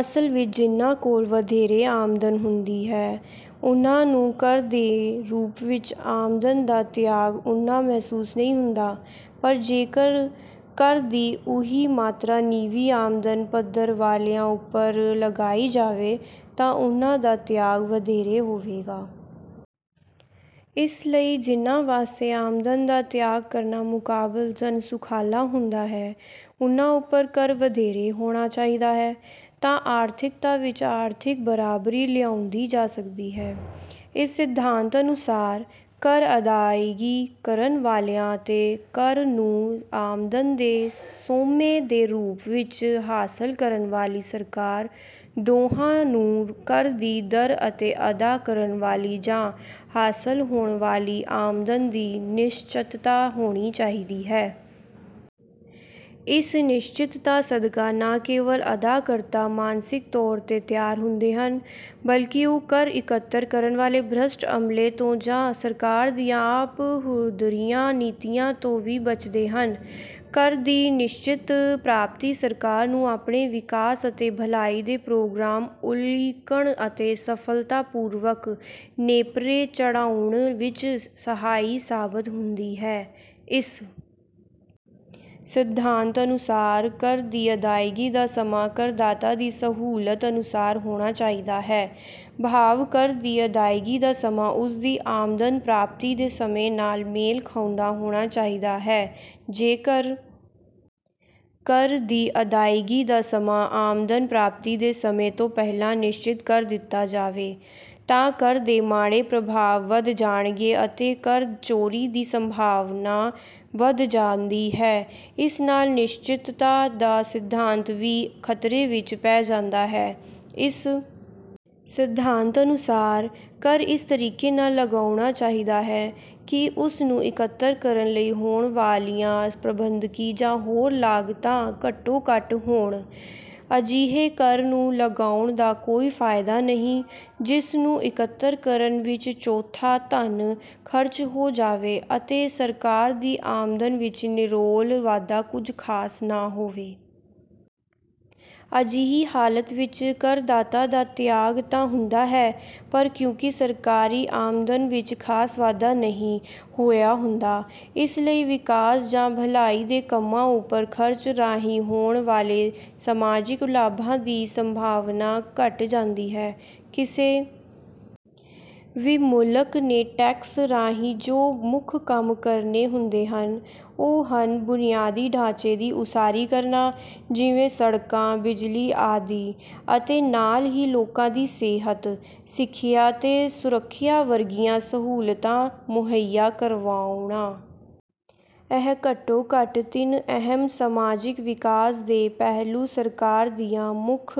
ਅਸਲ ਵਿੱਚ ਜਿਹਨਾਂ ਕੋਲ ਵਧੇਰੇ ਆਮਦਨ ਹੁੰਦੀ ਹੈ, ਉਹਨਾਂ ਨੂੰ ਕਰ ਦੇ ਰੂਪ ਵਿੱਚ ਆਮਦਨ ਦਾ ਤਿਆਗ ਉੰਨਾਂ ਮਹਿਸੂਸ ਨਹੀਂ ਹੁੰਦਾ, ਪਰ ਜੇਕਰ ਕਰ ਦੀ ਉਹੀ ਮਾਤਰਾ ਨੀਵੀਂ ਆਮਦਨ ਪੱਧਰ ਵਾਲਿਆਂ ਉੱਪਰ ਲਗਾਈ ਜਾਵੇ, ਤਾਂ ਉਹਨਾਂ ਦਾ ਤਿਆਗ ਵਧੇਰੇ ਹੋਵੇਗਾ। ਇਸ ਲਈ ਜਿਹਨਾਂ ਵਾਸਤੇ ਆਮਦਨ ਦਾ ਤਿਆਗ ਕਰਨਾ ਮੁਕਾਬਲਤਨ ਸੁਖਾਲਾ ਹੁੰਦਾ ਹੈ, ਉਹਨਾਂ ਉੱਪਰ ਕਰ ਵਧੇਰੇ ਹੋਣਾ ਚਾਹੀਦਾ ਹੈ, ਤਾਂ ਆਰਥਿਕਤਾ ਵਿੱਚ ਆਰਥਿਕ ਬਰਾਬਰੀ ਲਿਆਂਉਂਦੀ ਜਾ ਸਕਦੀ ਹੈ। ਇਸ ਸਿਧਾਂਤ ਅਨੁਸਾਰ, ਕਰ ਅਦਾਇਗੀ ਕਰਨ ਵਾਲਿਆਂ ਅਤੇ ਕਰ ਨੂੰ ਆਮਦਨ ਦੇ ਸੋਮੇਂ ਦੇ ਰੂਪ ਵਿੱਚ ਹਾਸਲ ਕਰਨ ਵਾਲੀ ਸਰਕਾਰ ਦੋਹਾਂ ਨੂੰ ਕਰ ਦੀ ਦਰ ਅਤੇ ਅਦਾ ਕਰਨ ਵਾਲੀ ਜਾਂ ਹਾਸਲ ਹੋਣ ਵਾਲੀ ਆਮਦਨ ਦੀ ਨਿਸ਼ਚਤਤਾ ਹੋਣੀ ਚਾਹੀਦੀ ਹੈ। ਇਸ ਨਿਸ਼ਚਤਤਾ ਸਦਕਾ ਨਾਂ ਕੇਵਲ ਅਦਾਕਰਤਾ ਮਾਨਸਿਕ ਤੌਰ ਤੇ ਤਿਆਰ ਹੁੰਦੇ ਹਨ, ਬਲਕਿ ਉਹ ਕਰ ਇਕੱਤਰ ਕਰਨ ਵਾਲੇ ਭ੍ਰਸ਼ਟ ਅਮਲੇ ਤੋਂ ਜਾਂ ਸਰਕਾਰ ਦੀਆਂ ਆਪਹੁਦਰੀਆਂ ਨੀਤੀਆਂ ਤੋਂ ਵੀ ਬਚਦੇ ਹਨ। ਕਰ ਦੀ ਨਿਸ਼ਚਿਤ ਪ੍ਰਾਪਤੀ ਸਰਕਾਰ ਨੂੰ ਆਪਣੇ ਵਿਕਾਸ ਅਤੇ ਭਲਾਈ ਦੇ ਪ੍ਰੋਗਰਾਮ ਉਲੀਕਣ ਅਤੇ ਸਫਲਤਾ ਪੂਰਵਕ ਨੇਪਰੇ ਚੜ੍ਹਾਉਣ ਵਿੱਚ ਸਹਾਈ ਸਾਬਤ ਹੁੰਦੀ ਹੈ। ਇਸ ਸਿਧਾਂਤ ਅਨੁਸਾਰ, ਕਰ ਦੀ ਅਦਾਇਗੀ ਦਾ ਸਮਾਂ ਕਰਦਾਤਾ ਦੀ ਸਹੂਲਤ ਅਨੁਸਾਰ ਹੋਣਾ ਚਾਹੀਦਾ ਹੈ, ਭਾਵ ਕਰ ਦੀ ਅਦਾਇਗੀ ਦਾ ਸਮਾਂ ਉਸ ਦੀ ਆਮਦਨ ਪ੍ਰਾਪਤੀ ਦੇ ਸਮੇਂ ਨਾਲ ਮੇਲ ਖਾਉਂਦਾ ਹੋਣਾ ਚਾਹੀਦਾ ਹੈ। ਜੇਕਰ ਕਰ ਦੀ ਅਦਾਇਗੀ ਦਾ ਸਮਾਂ ਆਮਦਨ ਪ੍ਰਾਪਤੀ ਦੇ ਸਮੇਂ ਤੋਂ ਪਹਿਲਾਂ ਨਿਸ਼ਚਿਤ ਕਰ ਦਿੱਤਾ ਜਾਵੇ, ਤਾਂ ਕਰ ਦੇ ਮਾੜੇ ਪ੍ਰਭਾਵ ਵਧ ਜਾਣਗੇ ਅਤੇ ਕਰ ਚੋਰੀ ਦੀ ਸੰਭਾਵਨਾ ਵਧ ਜਾਂਦੀ ਹੈ, ਜਿਸ ਨਾਲ ਨਿਸ਼ਚਿਤਤਾ ਦਾ ਸਿਧਾਂਤ ਵੀ ਖਤਰੇ ਵਿੱਚ ਪੈ ਜਾਂਦਾ ਹੈ। ਇਸ ਸਿਧਾਂਤ ਅਨੁਸਾਰ, ਕਰ ਇਸ ਤਰੀਕੇ ਨਾਲ ਲਗਾਉਣਾ ਚਾਹੀਦਾ ਹੈ ਕਿ ਉਸ ਨੂੰ ਇਕੱਤਰ ਕਰਨ ਲਈ ਹੋਣ ਵਾਲੀਆਂ ਪ੍ਰਬੰਧਕੀ ਜਾਂ ਹੋਰ ਲਾਗਤਾਂ ਘੱਟੋ ਘੱਟ ਹੋਣ। ਅਜਿਹੇ ਕਰ ਨੂੰ ਲਗਾਉਣ ਦਾ ਕੋਈ ਫਾਇਦਾ ਨਹੀਂ, ਜਿਸ ਨੂੰ ਇਕੱਤਰ ਕਰਨ ਵਿੱਚ ਚੋਖਾ ਧਨ ਖਰਚ ਹੋ ਜਾਵੇ ਅਤੇ ਸਰਕਾਰ ਦੀ ਆਮਦਨ ਵਿੱਚ ਨਿਰੋਲ ਵਾਧਾ ਕੁਝ ਖਾਸ ਨਾ ਹੋਵੇ। ਅਜਿਹੀ ਹਾਲਤ ਵਿੱਚ ਕਰਦਾਤਾ ਦਾ ਤਿਆਗ ਤਾਂ ਹੁੰਦਾ ਹੈ, ਪਰ ਕਿਉਂਕਿ ਸਰਕਾਰੀ ਆਮਦਨ ਵਿੱਚ ਖਾਸ ਵਾਧਾ ਨਹੀਂ ਹੋਇਆ ਹੁੰਦਾ, ਇਸ ਲਈ ਵਿਕਾਸ ਜਾਂ ਭਲਾਈ ਦੇ ਕੰਮਾਂ ਉੱਪਰ ਖਰਚ ਰਾਹੀਂ ਹੋਣ ਵਾਲੇ ਸਮਾਜਿਕ ਲਾਭਾਂ ਦੀ ਸੰਭਾਵਨਾਂ ਘਟ ਜਾਂਦੀ ਹੈ। ਕਿਸੇ ਵੀ ਮੁਲਕ ਨੇ ਟੈਕਸ ਰਾਹੀਂ ਜੋ ਮੁੱਖ ਕੰਮ ਕਰਨੇ ਹੁੰਦੇ ਹਨ, ਉਹ ਹਨ ਬੁਨਿਆਦੀ ਢਾਂਚੇ ਦੀ ਉਸਾਰੀ ਕਰਨਾ, ਜਿਵੇਂ ਸੜਕਾਂ, ਬਿਜਲੀ ਆਦਿ, ਅਤੇ ਨਾਲ ਹੀ ਲੋਕਾਂ ਦੀ ਸਿਹਤ, ਸਿੱਖਿਆ ਤੇ ਸੁਰੱਖਿਆ ਵਰਗੀਆਂ ਸਹੂਲਤਾਂ ਮੁਹੱਈਆ ਕਰਵਾਉਣਾ। ਇਹ ਘੱਟੋ ਘੱਟ ਤਿੰਨ ਅਹਿਮ ਸਮਾਜਿਕ ਵਿਕਾਸ ਦੇ ਪਹਿਲੂ ਸਰਕਾਰ ਦੀਆਂ ਮੁੱਖ...